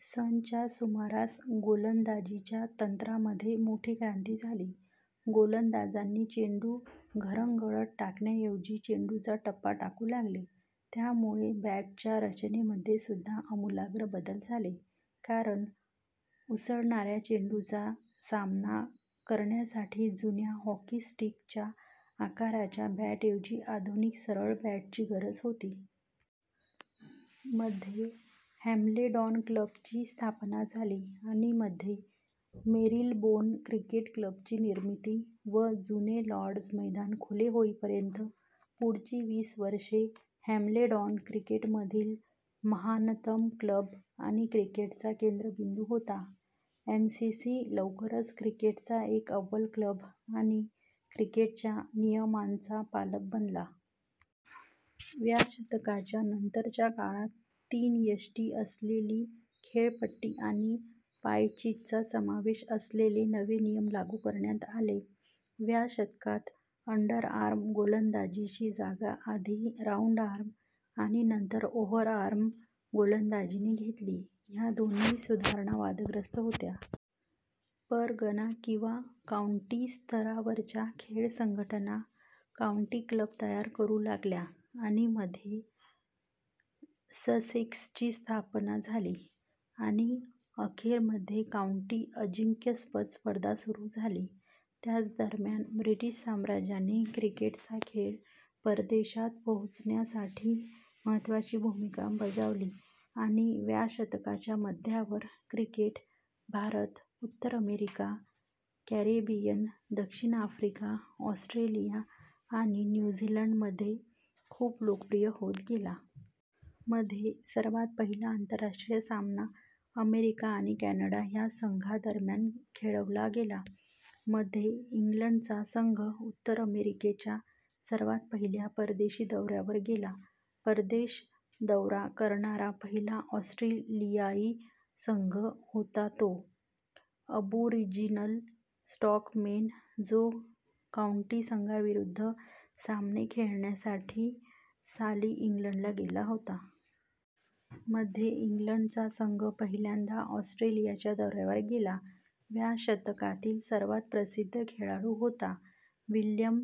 सन च्या सुमारास गोलंदाजीच्या तंत्रामध्ये मोठी क्रांती झाली. गोलंदाजांनी चेंडू घरंगळत टाकण्याऐवजी चेंडूचा टप्पा टाकू लागले. त्यामुळे बॅटच्या रचनेमध्ये सुद्धा अमुलाग्र बदल झाले कारण, उसळणाऱ्या चेंडूचा सामना करण्यासाठी जुन्या "हॉकी स्टिक"च्या आकाराच्या बॅटऐवजी आधुनिक सरळ बॅटची गरज होती. मध्ये हॅम्ब्लेडॉन क्लबची स्थापना झाली आणि मध्ये मेरीलबोन क्रिकेट क्लब ची निर्मिती व जुने लाॅर्ड्ज मैदान खुले होईपर्यंत पुढची वीस वर्षे, हॅम्ब्लेडॉन क्रिकेटमधील महानतम क्लब आणि क्रिकेटचा केंद्रबिंदू होता. एमसीसी लवकरच क्रिकेटचा एक अव्वल क्लब आणि क्रिकेटच्या नियमांचा पालक बनला. व्या शतकाच्या नंतरच्या काळात तीन यष्टी असलेली खेळपट्टी आणि पायचीतचा समावेश असलेले नवे नियम लागू करण्यात आले. व्या शतकात अंडरआर्म गोलंदाजीची जागा आधी राउंडआर्म आणि नंतर ओव्हरआर्म गोलंदाजीने घेतली. ह्या दोन्ही सुधारणा वादग्रस्त होत्या. परगणा किंवा काऊंटी स्तरावरच्या खेळ संघटना काऊंटी क्लब तयार करू लागल्या आणि मध्ये ससेक्सची स्थापना झाली, आणि अखेर मध्ये काउंटी अजिंक्यपद स्पर्धा सुरू झाली. त्याचदरम्यान ब्रिटिश साम्राज्याने क्रिकेटचा खेळ परदेशात पोहोचण्यासाठी महत्त्वाची भूमिका बजावली आणि व्या शतकाच्या मध्यावर क्रिकेट भारत, उत्तर अमेरिका, कॅरेबियन, दक्षिण आफ्रिका, ऑस्ट्रेलिया आणि न्यू झीलंडमध्ये खूप लोकप्रिय होत गेला. मध्ये, सर्वात पहिला आंतरराष्ट्रीय सामना अमेरिका आणि कॅनडा ह्या संघांदरम्यान खेळवला गेला. मध्ये, इंग्लंडचा संघ, उत्तर अमेरिकेच्या, सर्वात पहिल्या परदेशी दौऱ्यावर गेला. परदेश दौरा करणारा पहिला ऑस्ट्रेलियाई संघ होता तो अबोरिजिनल स्टॉकमेन, जो काऊंटी संघांविरुद्ध सामने खेळण्यासाठी साली इंग्लंडला गेला होता.. मध्ये, इंग्लडचा संघ पहिल्यांदा ऑस्ट्रेलियाच्या दौऱ्यावर गेला. व्या शतकातील सर्वात प्रसिद्ध खेळाडू होता विल्यम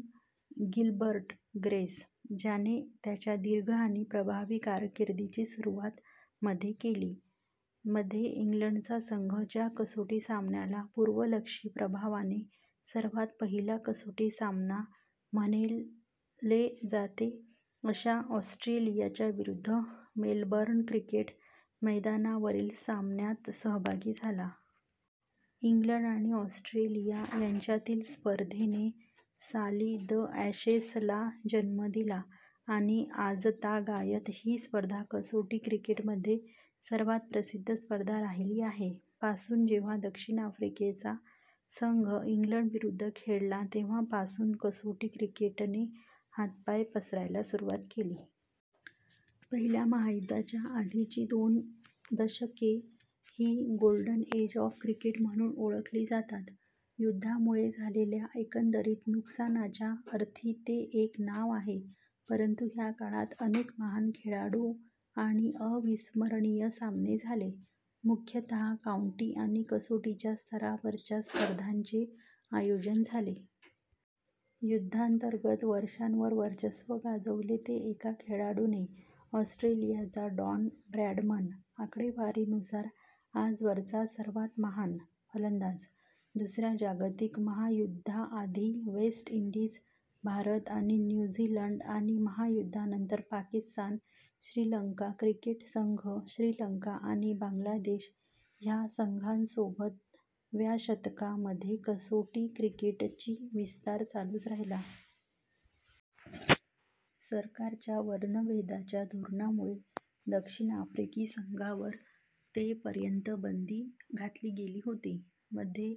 गिल्बर्ट ग्रेस, ज्याने त्याच्या दीर्घ आणि प्रभावी कारकिर्दीची सुरुवात मध्ये केली. - मध्ये, इंग्लंडचा संघ ज्या कसोटी सामन्याला पूर्वलक्षी प्रभावाने सर्वात पहिला कसोटी सामना म्हणले जाते अशा ऑस्ट्रेलियाविरुद्धच्या मेलबर्न क्रिकेट मैदानावरील सामन्यात सहभागी झाला. इंग्लंड आणि ऑस्ट्रेलिया यांच्यातील स्पर्धेने साली द ॲशेसला जन्म दिला आणि आजतागायत ही स्पर्धा कसोटी क्रिकेटमध्ये सर्वात प्रसिद्ध स्पर्धा राहिली आहे. - पासून जेव्हा दक्षिण आफ्रिकेचा संघ इंग्लंडविरुद्ध खेळला तेव्हा पासून कसोटी क्रिकेटने हातपाय पसरायला सुरुवात केली. पहिल्या महायुद्धाच्या आधीची दोन दशके ही " गोल्डन एज ऑफ क्रिकेट " म्हणून ओळखली जातात. युद्धामुळे झालेल्या एकंदरीत नुकसानाच्या अर्थी ते एक नाव आहे, परंतु ह्या काळात अनेक महान खेळाडू आणि अविस्मरणीय सामने झाले, मुख्यतः काऊंटी आणि कसोटी स्तरावरच्या स्पर्धांचे आयोजन झाले. युद्धांतर्गत वर्षांवर वर्चस्व गाजवले ते एका खेळाडूने: ऑस्ट्रेलियाचा डॉन ब्रॅडमन, आकडेवारीनुसार आजवरचा सर्वात महान फलंदाज. दुसऱ्या जगातिक महायुद्धाआधी वेस्ट इंडीज, भारत आणि न्यू झीलंड आणि महायुद्धानंतर पाकिस्तान, श्रीलंका क्रिकेट संघ श्रीलंका आणि बांगलादेश ह्या संघासोबत व्या शतकामध्ये कसोटी क्रिकेटची विस्तार चालूच राहिला. सरकारच्या वर्णभेदाच्या धोरणामुळे दक्षिण आफ्रिकी संघावर ते पर्यंत बंदी घातली गेली होती. मध्ये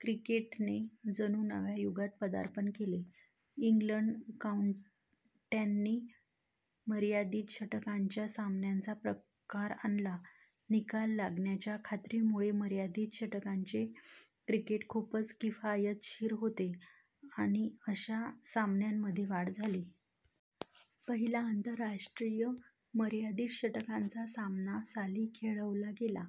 क्रिकेटने जणू नव्या युगात पदार्पण केले. इंग्लंड काऊंट्यांनी मर्यादित षटकांच्या सामन्यांचा प्रकार आणला. निकाल लागण्याच्या खात्रीमुळे, मर्यादित षटकांचे क्रिकेट खूपच किफायतशीर होते आणि अशा सामन्यांमध्ये वाढ झाली. पहिला आंतरराष्ट्रीय मर्यादित षटकांचा सामना साली खेळवला गेला.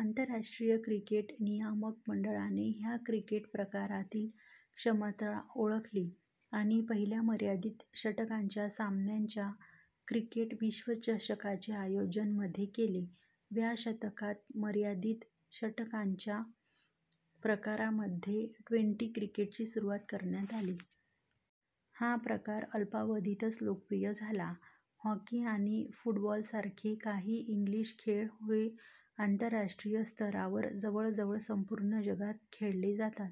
आंतरराष्ट्रीय क्रिकेट नियामक मंडळाने ह्या क्रिकेट प्रकारातील क्षमता ओळखली आणि पहिल्या मर्यादित षटकांच्या सामन्याच्या क्रिकेट विश्वचषकाचे आयोजन मध्ये केले. व्या शतकात मर्यादित षटकांच्या प्रकारामध्ये ट्वेंटी क्रिकेटची सुरुवात करण्यात आली. हा प्रकार अल्पावधीतच लोकप्रिय झाला. हॉकी आणि फुटबॉलसारखे काही इंग्लिश खेळ हे आंतरराष्ट्रीय स्तरावर जवळजवळ संपूर्ण जगात खेळले जातात,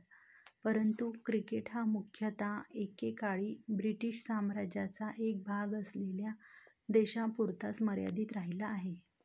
परंतुक्रिकेट हा मुख्यत: एके काळी ब्रिटिश साम्राज्याचा एक भाग असलेल्या देशांपुरताच मर्यादित राहिला आहे.